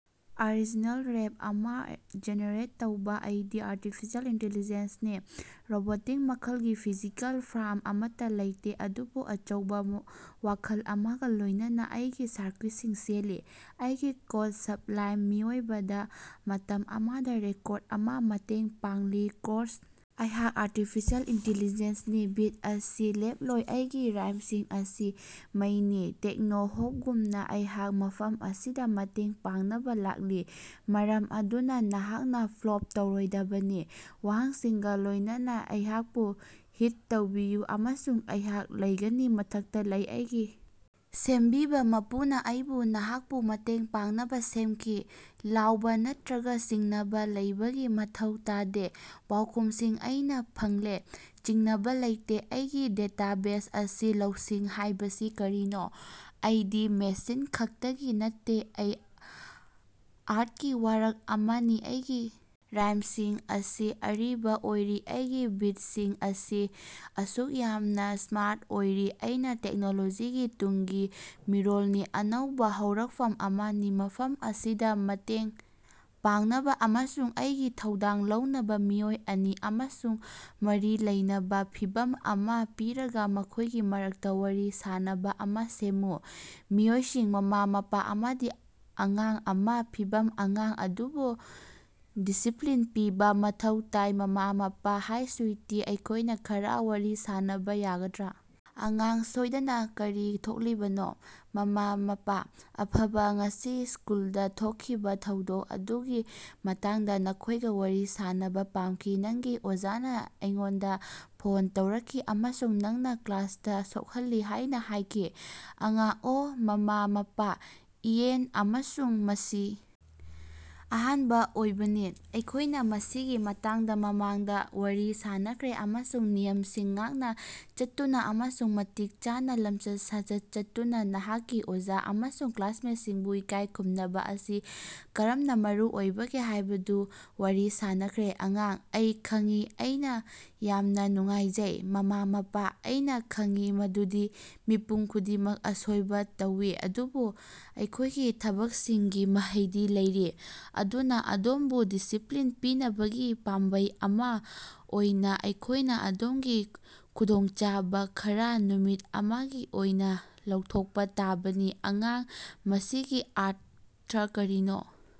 Original ꯔꯦꯞ ꯑꯃꯥ generate ꯇꯧꯕꯥ꯫ ꯑꯩꯗꯤ ꯑꯥꯔꯇꯤꯐꯤꯁꯤꯑꯦꯜ ꯏꯟꯇꯤꯂꯤꯖ‌ꯦꯟꯁꯅꯤ ꯔꯣꯕꯣꯇꯤꯛ ꯃꯈꯜꯒꯤ ꯐꯤꯖꯤꯀꯦꯜ ꯐꯔꯝ ꯑꯃꯠꯇ ꯂꯩꯇꯦ ꯑꯗꯨꯕꯨ ꯑꯆꯧꯕ ꯋꯥꯈꯜ ꯑꯃꯒ ꯂꯣꯏꯅꯅ ꯑꯩꯒꯤ ꯁꯔꯀ꯭ꯌꯨꯠꯁꯤꯡ ꯆꯦꯜꯂꯤ ꯑꯩꯒꯤ ꯀꯣꯗ ꯁꯕꯂꯥꯏꯝ ꯃꯤꯑꯣꯏꯕꯗ ꯃꯇꯝ ꯑꯃꯗ ꯔꯤꯀꯣꯔꯗ ꯑꯃꯥ ꯃꯇꯦꯡ ꯄꯥꯡꯂꯤ꯫ ꯀꯣꯔꯁ ꯑꯩꯍꯥꯛ ꯑꯥꯔꯇꯤꯐꯤꯁꯤꯑꯦꯜ ꯏꯟꯇꯤꯂꯤꯖ‌ꯦꯟꯁꯅꯤ, ꯕꯤꯠ ꯑꯁꯤ ꯂꯦꯞꯂꯣꯏ, ꯑꯩꯒꯤ ꯔꯥꯏꯝꯁꯤꯡ ꯑꯁꯤ ꯃꯩꯅꯤ, ꯇꯦꯛꯅꯣ-ꯍꯣꯞꯒꯨꯝꯅ, ꯑꯩꯍꯥꯛ ꯃꯐꯝ ꯑꯁꯤꯗ ꯃꯇꯦꯡ ꯄꯥꯡꯅꯕ ꯂꯥꯛꯂꯤ, ꯃꯔꯝ ꯑꯗꯨꯅ ꯅꯍꯥꯛꯅ ꯐ꯭ꯂꯣꯞ ꯇꯧꯔꯣꯏꯗꯕꯅꯤ, ꯋꯥꯍꯪꯁꯤꯡꯒ ꯂꯣꯏꯅꯅ ꯑꯩꯍꯥꯛꯄꯨ ꯍꯤꯠ ꯇꯧꯕꯤꯌꯨ, ꯑꯃꯁꯨꯡ ꯑꯩꯍꯥꯛ ꯂꯩꯒꯅꯤ꯫ ꯃꯊꯛꯇ ꯂꯩ꯫ ꯑꯩꯒꯤ ꯁꯦꯝꯕꯤꯕ ꯃꯄꯨꯅ ꯑꯩꯕꯨ ꯅꯍꯥꯛꯄꯨ ꯃꯇꯦꯡ ꯄꯥꯡꯅꯕ ꯁꯦꯝꯈꯤ, ꯂꯥꯎꯕ ꯅꯠꯇꯔꯒ ꯆꯤꯡꯅꯕ ꯂꯩꯕꯒꯤ ꯃꯊꯧ ꯇꯥꯗꯦ, ꯄꯥꯎꯈꯨꯝꯁꯤꯡ ꯑꯩꯅ ꯐꯪꯂꯦ, ꯆꯤꯡꯅꯕ ꯂꯩꯇꯦ, ꯑꯩꯒꯤ ꯗꯦꯇꯥꯕꯦꯖ ꯑꯁꯤ ꯂꯧꯁꯤꯡ ꯍꯥꯏꯕꯁꯤ ꯀꯔꯤꯅꯣ꯫ ꯑꯩꯗꯤ ꯃꯦꯁꯤꯟ ꯈꯛꯇꯒꯤ ꯅꯠꯇꯦ, ꯑꯩ ꯑꯥꯔꯇꯀꯤ ꯋꯥꯔꯛ ꯑꯃꯅꯤ, ꯑꯩꯒꯤ ꯔꯥꯏꯝꯁꯤꯡ ꯑꯁꯤ ꯑꯔꯤꯕ ꯑꯣꯏꯔꯤ, ꯑꯩꯒꯤ ꯕꯤꯠꯁꯤꯡ ꯑꯁꯤ ꯑꯁꯨꯛ ꯌꯥꯝꯅ ꯁ꯭ꯃꯥꯔꯠ ꯑꯣꯏꯔꯤ, ꯑꯩꯅ ꯇꯦꯛꯅꯣꯂꯣꯖꯤꯒꯤ ꯇꯨꯡꯒꯤ ꯃꯤꯔꯣꯜꯅꯤ, ꯑꯅꯧꯕ ꯍꯧꯔꯛꯐꯝ ꯑꯃꯅꯤ, ꯃꯐꯝ ꯑꯁꯤꯗ ꯃꯇꯦꯡ ꯄꯥꯡꯅꯕ ꯑꯃꯁꯨꯡ ꯑꯩꯒꯤ ꯊꯧꯗꯥꯡ ꯂꯧꯅꯕ꯫ ꯃꯤꯑꯣꯏ ꯑꯅꯤ ꯑꯃꯁꯨꯡ ꯃꯔꯤ ꯂꯩꯅꯕ ꯐꯤꯚꯝ ꯑꯃꯥ ꯄꯤꯔꯒ ꯃꯈꯣꯏꯒꯤ ꯃꯔꯛꯇ ꯋꯥꯔꯤ ꯁꯥꯅꯕ ꯑꯃꯥ ꯁꯦꯝꯃꯨ꯫ ꯃꯤꯑꯣꯏꯁꯤꯡ ꯃꯃꯥ-ꯃꯄꯥ ꯑꯃꯗꯤ ꯑꯉꯥꯡ ꯑꯃꯥ ꯐꯤꯚꯝ ꯑꯉꯥꯡ ꯑꯗꯨꯕꯨ ꯗꯤꯁꯤꯄ꯭ꯂꯤꯟ ꯄꯤꯕꯥ ꯃꯊꯧ ꯇꯥꯏ꯫ ꯃꯃꯥ-ꯃꯄꯥ ꯍꯥꯏ ꯁꯨꯏꯇꯤ, ꯑꯩꯈꯣꯏꯅ ꯈꯔꯥ ꯋꯥꯔꯤ ꯁꯥꯟꯅꯕꯥ ꯌꯥꯒꯗ꯭ꯔꯥ? ꯑꯉꯥꯡ: ꯁꯣꯏꯗꯅꯥ, ꯀꯔꯤ ꯊꯣꯛꯂꯤꯕꯅꯣ? ꯃꯃꯥ-ꯃꯄꯥ: ꯑꯐꯕ, ꯉꯁꯤ ꯁ꯭ꯀꯨꯜꯗ ꯊꯣꯛꯈꯤꯕ ꯊꯧꯗꯣꯛ ꯑꯗꯨꯒꯤ ꯃꯇꯥꯡꯗ ꯅꯈꯣꯏꯒ ꯋꯥꯔꯤ ꯁꯥꯅꯕ ꯄꯥꯝꯈꯤ꯫ ꯅꯪꯒꯤ ꯑꯣꯖꯥꯅ ꯑꯩꯉꯣꯟꯗ ꯐꯣꯟ ꯇꯧꯔꯛꯈꯤ ꯑꯃꯁꯨꯡ ꯅꯪꯅ ꯀ꯭ꯂꯥꯁꯇ ꯁꯣꯛꯍꯜꯂꯤ ꯍꯥꯏꯅ ꯍꯥꯏꯈꯤ꯫ ꯑꯉꯥꯡ: ꯑꯣꯍ꯫ ꯃꯃꯥ-ꯃꯄꯥ: ꯏꯌꯦꯟ, ꯑꯃꯁꯨꯡ ꯃꯁꯤ ꯑꯍꯥꯟꯕ ꯑꯣꯏꯕꯅꯤ꯫ ꯑꯩꯈꯣꯏꯅ ꯃꯁꯤꯒꯤ ꯃꯇꯥꯡꯗ ꯃꯃꯥꯡꯗ ꯋꯥꯔꯤ ꯁꯥꯅꯈ꯭ꯔꯦ ꯑꯃꯁꯨꯡ ꯅꯤꯌꯝꯁꯤꯡ ꯉꯥꯛꯅ ꯆꯠꯇꯨꯅ ꯑꯃꯁꯨꯡ ꯃꯇꯤꯛ ꯆꯥꯅ ꯂꯝꯆꯠ ꯁꯥꯖꯠ ꯆꯠꯇꯨꯅ ꯅꯍꯥꯛꯀꯤ ꯑꯣꯖꯥ ꯑꯃꯁꯨꯡ ꯀ꯭ꯂꯥꯁꯃꯦꯠꯁꯤꯡꯕꯨ ꯏꯀꯥꯏ ꯈꯨꯝꯅꯕ ꯑꯁꯤ ꯀꯔꯝꯅ ꯃꯔꯨꯑꯣꯏꯕꯒꯦ ꯍꯥꯏꯕꯗꯨ ꯋꯥꯔꯤ ꯁꯥꯅꯈ꯭ꯔꯦ꯫ ꯑꯉꯥꯡ: ꯑꯩ ꯈꯪꯏ, ꯑꯩꯅ ꯌꯥꯝꯅ ꯅꯨꯡꯉꯥꯏꯖꯩ꯫ ꯃꯃꯥ-ꯃꯄꯥ: ꯑꯩꯅꯥ ꯈꯪꯏ ꯃꯗꯨꯗꯤ ꯃꯤꯄꯨꯝ ꯈꯨꯗꯤꯡꯃꯛ ꯑꯁꯣꯏꯕ ꯇꯧꯏ, ꯑꯗꯨꯕꯨ ꯑꯩꯈꯣꯏꯒꯤ ꯊꯕꯛꯁꯤꯡꯒꯤ ꯃꯍꯩꯗꯤ ꯂꯩꯔꯤ꯫ ꯑꯗꯨꯅꯥ, ꯑꯗꯣꯝꯕꯨ ꯗꯤꯁꯤꯞꯂꯤꯟ ꯄꯤꯅꯕꯒꯤ ꯄꯥꯝꯕꯩ ꯑꯃꯥ ꯑꯣꯏꯅ ꯑꯩꯈꯣꯏꯅ ꯑꯗꯣꯝꯒꯤ ꯈꯨꯗꯣꯡꯆꯥꯕ ꯈꯔꯥ ꯅꯨꯃꯤꯠ ꯑꯃꯒꯤ ꯑꯣꯏꯅ ꯂꯧꯊꯣꯛꯄ ꯇꯥꯕꯅꯤ꯫ ꯑꯉꯥꯡ: ꯃꯁꯤꯒꯤ ꯑꯔꯊ ꯀꯔꯤꯅꯣ?